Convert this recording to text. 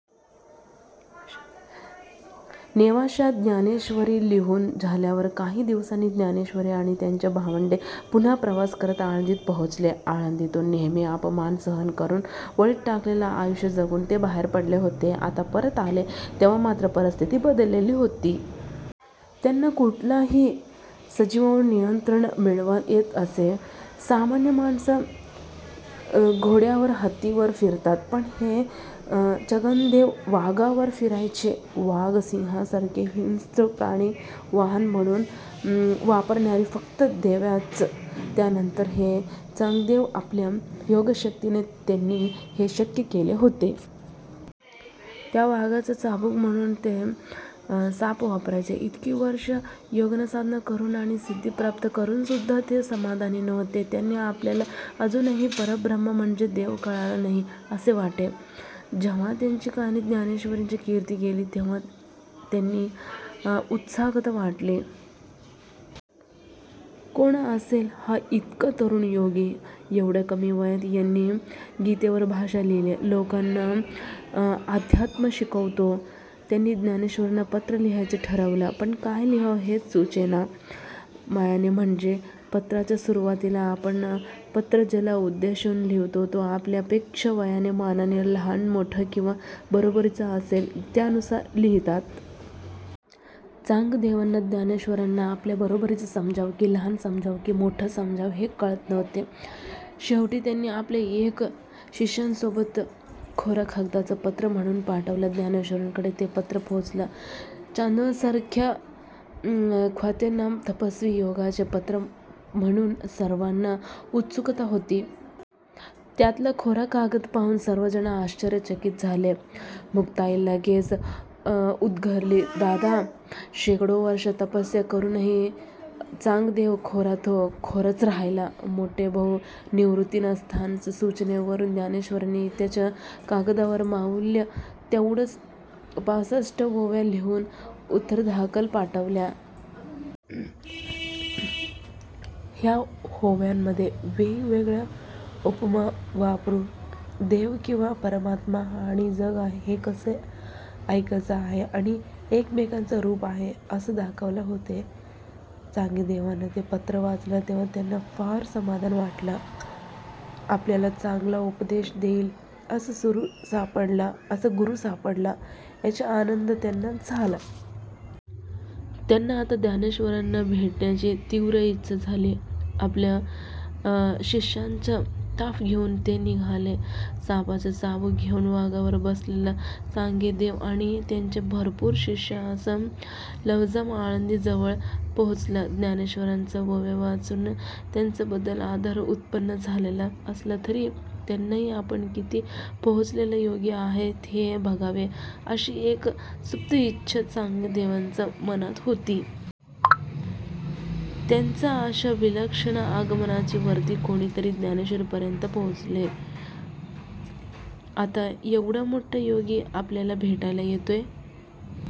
नेवाश्यात ज्ञानेश्वरी लिहुन झाल्यावर काही दिवसांनी ज्ञानेश्वर आणि त्यांची भावंडे पुन्हा प्रवास करत आळंदीत पोहोचले. आळंदीतुन नेहमी अपमान सहन करून, वाळीत टाकलेले आयुष्य जगून ते बाहेर पडले होते. आता परत आले तेव्हा मात्र परिस्थिती बदलली होती. त्यांना कुठल्याही सजीवांवर नियंत्रण मिळवता येत असे. सामान्य माणसे घोड्यावर, हत्तीवर फिरतात. पण हे चांगदेव वाघावर फिरायचे. वाघ सिंहासारखे हिंस्त्र प्राणी वाहन म्हणून वापरणाऱ्या फक्त देव्याच. त्यानंतर हे चांगदेव. आपल्या योगशक्तीने त्यांनी हे शक्य केले होते. त्या वाघाला चाबुक म्हणुन ते साप वापरायचे. इतकी वर्षे योगसाधना करून आणि सिद्धी प्राप्त करूनसुद्धा ते समाधानी नव्हते. त्यांना आपल्याला अजुनही परब्रह्म म्हणजे देव कळला नाही असे वाटे. जेव्हा त्यांच्या कानी ज्ञानेश्वरांची कीर्ती गेली तेव्हा त्यांना उत्सुकता वाटली. कोण असेल हा इतका तरुण योगी? एवढ्या कमी वयात याने गीतेवर भाष्य लिहिलं, लोकांना अध्यात्म शिकवतो. त्यांनी ज्ञानेश्वरांना पत्र लिहायचं ठरवलं. पण काय लिहावं हेच सुचेना. मायना म्हणजे पत्राच्या सुरुवातीला आपण पत्र ज्याला उद्देशुन लिहितो तो आपल्या पॆक्षा वयाने मानाने लहान मोठा किंवा बरोबरीचा असेल त्यानुसार लिहितात. चांगदेवांना ज्ञानेश्वरांना आपल्या बरोबरीचा समजावा कि लहान समजावा कि मोठा समजावा हे कळत नव्हते. शेवटी त्यांनी आपल्या एका शिष्यासोबत कोरा कागदच पत्र म्हणुन पाठवला. ज्ञानेश्वरांकडे ते पत्र पोहोचलं. चांगदेवांसारख्या ख्यातनाम तपस्वी योग्याचे पत्र म्हणुन सर्वांना उत्सुकता होती. त्यातला कोरा कागद पाहुन सर्वजण आश्चर्यचकित झाले. मुक्ताई लगेच उद्गारली दादा शेकडो वर्षे तपस्या करूनही चांगदेव कोरा तो कोराच राहिला. मोठे भाऊ निवृत्तीनाथांच्या सुचनेवरून ज्ञानेश्वरांनी त्याच कागदावर मावल्या तेवढ्या पासष्ट ओव्या लिहुन उत्तरादाखल पाठवल्या. ह्या ओव्यांमध्ये वेगवेगळ्या उपमा वापरून देव किंवा परमात्मा हा आणि जग हे कसं एकच आहे आणि एकमेकांचं रूप आहे असं दाखवलं होतं. चांगदेवांनी ते पत्र वाचलं तेव्हा त्यांना फार समाधान वाटलं. आपल्याला चांगला उपदेश देईल असा गुरु सापडला याचा आनंद त्यांना झाला. त्यांना आता ज्ञानेश्वरांना भेटण्याची तीव्र इच्छा झाली. आपला शिष्यांचा ताफा घेऊन ते निघाले. सापाचा चाबुक घेऊन वाघावर बसलेले चांगदेव आणि त्यांचे भरपूर शिष्य असा लवाजमा आळंदी जवळ पोहोचला. ज्ञानेश्वरांच्या ओव्या वाचुन त्यांच्याबद्दल आदर उत्पन्न झालेला असला तरी त्यांनीही आपण किती पोहोचलेले योगी आहोत हे बघावे अशी एक सुप्त इच्छा चांगदेवांच्या मनात होती. त्यांच्या अशा विलक्षण आगमनाची वर्दी कोणीतरी ज्ञानेश्वरांपर्यंत पोहोचली. आता एवढा मोठा योगी आपल्याला भेटायला येतोय